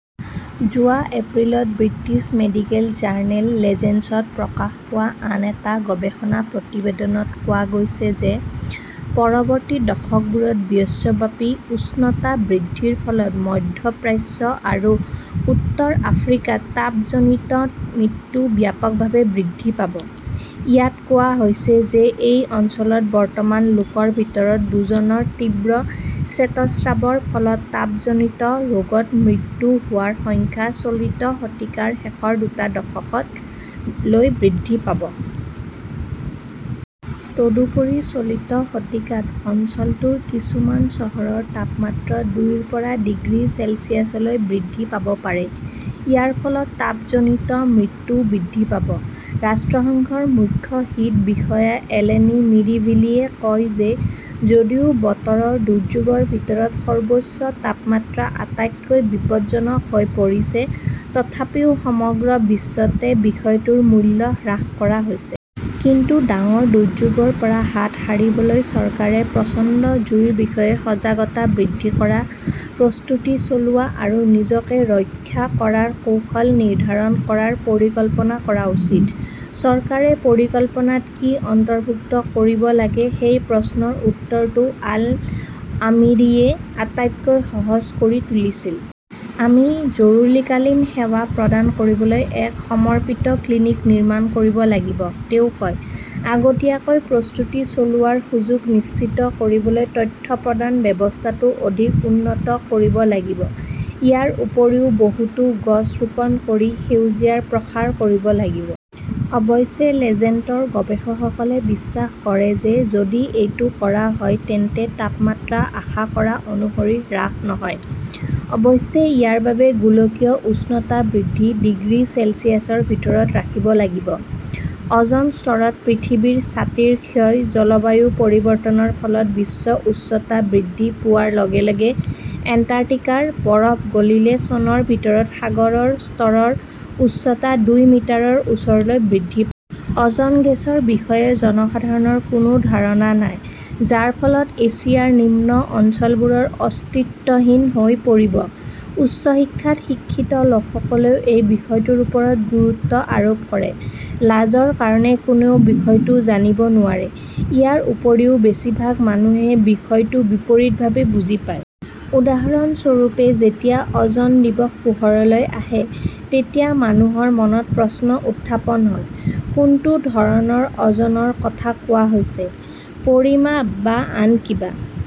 যোৱা এপ্ৰিলত British medical journal লেঞ্চেটত প্ৰকাশ পোৱা আন এটা গৱেষণা প্ৰতিবেদনত কোৱা হৈছে যে পৰৱৰ্তী দশকবোৰত বিশ্বব্যাপী উষ্ণতা বৃদ্ধিৰ ফলত মধ্য প্ৰাচ্য আৰু উত্তৰ আফ্ৰিকাত তাপজনিত মৃত্যু ব্যাপকভাৱে বৃদ্ধি পাব। ইয়াত কোৱা হৈছে যে এই অঞ্চলত বৰ্তমান লোকৰ ভিতৰত দুজনৰ তীব্ৰ শ্বেতস্ৰাৱৰ ফলত তাপজনিত ৰোগত মৃত্যু হোৱাৰ সংখ্যা চলিত শতিকাৰ শেষৰ দুটা দশকত লৈ বৃদ্ধি পাব। তদুপৰি, চলিত শতিকাত অঞ্চলটোৰ কিছুমান চহৰৰ তাপমাত্ৰা দুইৰ পৰা ডিগ্ৰী চেলছিয়াছলৈ বৃদ্ধি পাব পাৰে। ইয়াৰ ফলত তাপজনিত মৃত্যুও বৃদ্ধি পাব। ৰাষ্ট্ৰসংঘৰ মুখ্য হিট বিষয়া এলেনি মিৰিভিলিয়ে কয় যে যদিও বতৰৰ দুৰ্যোগৰ ভিতৰত সৰ্বোচ্চ তাপমাত্ৰা আটাইতকৈ বিপদজনক হৈ পৰিছে, তথাপিও সমগ্ৰ বিশ্বতে বিষয়টোৰ মূল্য হ্ৰাস কৰা হৈছে। কিন্তু ডাঙৰ দুৰ্যোগৰ পৰা হাত সাৰিবলৈ চৰকাৰে প্ৰচণ্ড জুইৰ বিষয়ে সজাগতা বৃদ্ধি কৰা, প্ৰস্তুতি চলোৱা আৰু নিজকে ৰক্ষা কৰাৰ কৌশল নিৰ্ধাৰণ কৰাৰ পৰিকল্পনা কৰা উচিত। চৰকাৰে পৰিকল্পনাত কি অন্তৰ্ভুক্ত কৰিব লাগে সেই প্ৰশ্নৰ উত্তৰটো আল-আমিৰীয়ে আটাইতকৈ সহজ কৰি তুলিছিল। "আমি জৰুৰীকালীন সেৱা প্ৰদান কৰিবলৈ এক সমৰ্পিত ক্লিনিক নিৰ্মাণ কৰিব লাগিব", তেওঁ কয়। আগতীয়াকৈ প্ৰস্তুতি চলোৱাৰ সুযোগ নিশ্চিত কৰিবলৈ তথ্য প্ৰদান ব্যৱস্থাটো অধিক উন্নত কৰিব লাগিব। ইয়াৰ উপৰিও, বহুতো গছ ৰোপণ কৰি সেউজীয়াৰ প্ৰসাৰ কৰিব লাগিব। অৱশ্যে, লেঞ্চেটৰ গৱেষকসকলে বিশ্বাস কৰে যে যদি এইটো কৰা হয় তেন্তে তাপমাত্ৰা আশা কৰা অনুসৰি হ্ৰাস নহয়। অৱশ্যে, ইয়াৰ বাবে গোলকীয় উষ্ণতা বৃদ্ধি ডিগ্ৰী চেলছিয়াছৰ ভিতৰত ৰাখিব লাগিব। অ 'জন স্তৰত পৃথিৱীৰ ছাতিৰ ক্ষয় জলবায়ু পৰিৱৰ্তনৰ ফলত বিশ্ব উষ্ণতা বৃদ্ধি পোৱাৰ লগে লগে এণ্টাৰ্কটিকাৰ বৰফ গলিলে চনৰ ভিতৰত সাগৰৰ স্তৰৰ উচ্চতা দুই মিটাৰৰ ওচৰলৈ বৃদ্ধি পাব। অ 'জন গেছৰ বিষয়ে জনসাধাৰণৰ কোনো ধাৰণা নাই, যাৰ ফলত এছিয়াৰ নিম্ন অঞ্চলবোৰ অস্তিত্বহীন হৈ পৰিব। উচ্চ শিক্ষাত শিক্ষিত লোকসকলেও এই বিষয়টোৰ ওপৰত গুৰুত্ব আৰোপ কৰে। লাজৰ কাৰণে কোনেও বিষয়টো জানিব নোৱাৰে। ইয়াৰ উপৰিও বেছিভাগ মানুহে বিষয়টো বিপৰীতভাৱে বুজি পায়। উদাহৰণস্বৰূপে, যেতিয়া 'অ'জন দিৱস" পোহৰলৈ আহে, তেতিয়া মানুহৰ মনত প্ৰশ্ন উত্থাপন হয়, কোনটো ধৰণৰ অ'জনৰ কথা কোৱা হৈছে? পৰিমাপ বা আন কিবা!